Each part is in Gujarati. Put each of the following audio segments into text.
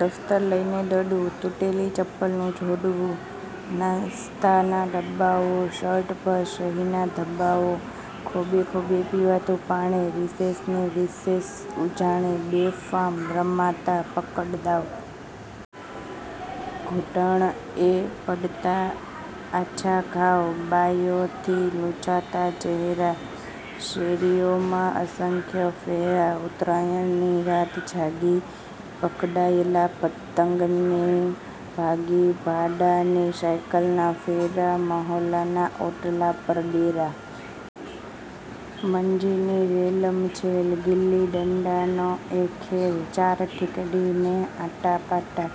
દફતર લઈને દોડવુ! તૂટેલી ચપ્પલ નું જોડવું! નાશ્તા ના ડબ્બાઓ! શર્ટ પર સહીના ધબ્બાઓ! ખોબે ખોબે પીવાતું પાણી! રીસેસ ની વિશેષ ઉજાણી! બેફામ રમાતા પકડ દાવ! ઘૂંટણ એ પડતા આછા ઘાવ! બાયોં થી લુંછાતા ચેહરા! શેરીઓમાં અસંખ્ય ફેરાં! ઉતરાણ ની રાત જાગી! પકડાયલા પતંગ ની ભાગી! ભાડાં ની સાયકલ નાં ફેરાં! મહોલ્લાના ઓટલા પર ડેરા! મંજી ની રેલમ છેલ! ગીલ્લી ડંડા નો એ ખેલ! ચાર ઠીકડી ને આટા પાટા!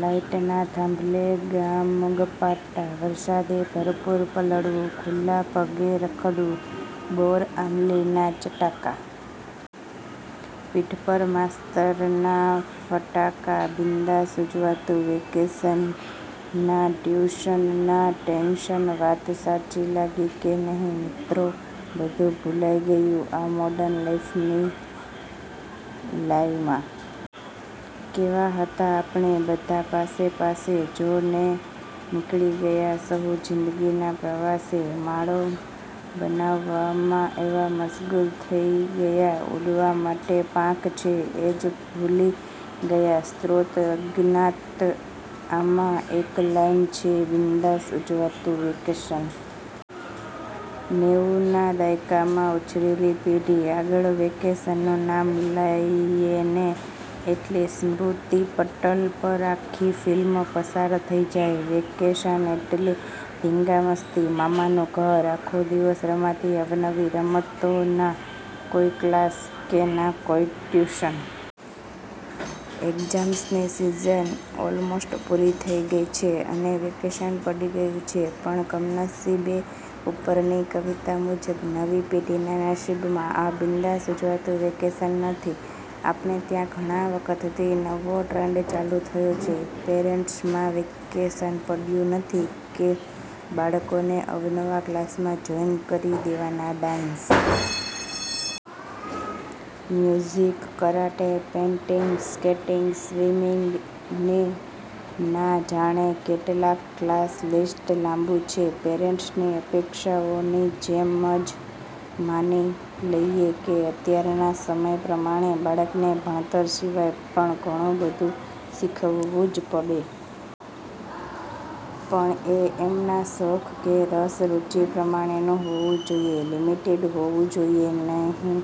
લાઈટના થાંભલે ગામગપાટા! વરસાદે ભરપૂર પલળવું! ખુલ્લા પગે રખડવું! બોર આમલી નાં ચટાકા! પીઠ પર માસ્તર ના ફટાકા! બિન્દાસ્ત ઉજવાતું વેકેશન! નાં ટ્યુશન નાં ટેન્શન! વાત સાચી લાગી! કે નહિ મિત્રો!! બધું ભૂલાઈ ગયું..!! આ મોર્ડન લાઈફ ની લાઇ માં! કેવાં હતાં આપણે બધાં પાસે-પાસે? જો ને નીકળી ગયા સહુ જીંદગીના પ્રવાસે! માળો બનાવવામાં એવા મશગુલ થઇ ગયા; ઉડવા માટે પાંખ છે એજ ભૂલી ગયા! સ્ત્રોત: અજ્ઞાત આમાં એક લાઈન છે, બિન્દાસ ઉજવાતું વેકેશન. નેવુ ના દાયકામાં ઉછરેલી પેઢી આગળ વેકેશન નું નામ લાઇએને એટલે સ્મૃતિપટલ પર આખ્ખી ફિલ્મ પસાર થઈ જાય. વેકેશન એટલે ધીંગામસ્તી, મામાનું ઘર, આખ્ખો દિવસ રમાતી અવનવી રમતો, ના કોઈ કલાસ કે ના કોઈ ટ્યુશન.. એક્ઝામ્સ ની સીઝન ઓલમોસ્ટ પુરી થઈ ગઈ છે અને વેકેશન પડી ગયુ છે. પણ કમનસીબે ઉપરની કવિતા મુજબ નવી પેઢીના નસીબમાં આ બિન્દાસ ઉજવાતું વેકેશન નથી.. આપણે ત્યાં ઘણાં વખતથી નવો ટ્રેન્ડ ચાલુ થયો છે પેરેન્ટ્સ માં, વેકેશન પડ્યું નથી કે બાળકોને અવનવા ક્લાસમાં જોઈન કરી દેવાના..ડાન્સ, music, karate, painting, skating, swimming ને ના જાણે કેટલાક કલાસ.. લિસ્ટ લાબું છે, પેરેન્ટ્સ ની અપેક્ષાઓ ની જેમ જ. માની લઈએ કે અત્યારના સમય પ્રમાણે બાળકને ભણતર સિવાય પણ ઘણું બધુ શીખવવું જ પડે. પણ એ એમના શોખ કે રસ રુચિ પ્રમાણેનું હોવું જોઈએ, લિમિટેડ હોવું જોઈએ. નહિ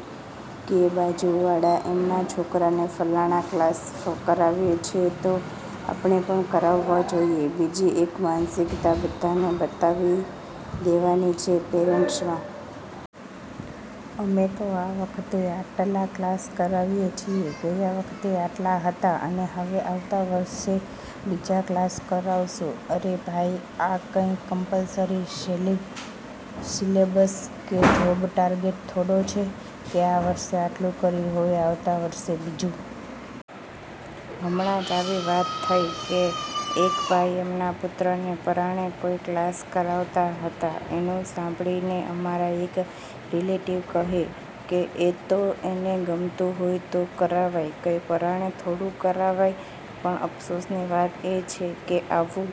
કે બાજુવાળા એમના છોકરા ને ફલાણા કલાસ કરાવે છે તો આપણે પણ કરાવવા જોઈએ. બીજી એક માનસિકતા બધાને બતાવી દેવાની છે પેરેન્ટ્સ માં. અમે તો આ વખતે આટલા કલાસ કરાવીએ છીએ. ગયા વખતે આટલા હતા, અને હવે આવતા વર્ષે બીજા કલાસ કરાવશું.. અરે ભાઈ, આ કંઈ કમ્પલસરી સિલેબસ કે જોબ ટાર્ગેટ થોડો છે કે આ વર્ષે આટલુ કર્યુ હવે આવતા વર્ષે બીજું.. હમણાંજ આવી વાત થઇ કે એક ભાઈ એમના પુત્રને પરાણે કોઈ કલાસ કરાવતા હતા. એનું સાંભળીને અમારા એક રિલેટિવ કહે કે એ તો એને ગમતું હોય તો કરાવાય, કંઈ પરાણે થોડું કરાવાય.. પણ અફસોસની વાત એ છે કે આવું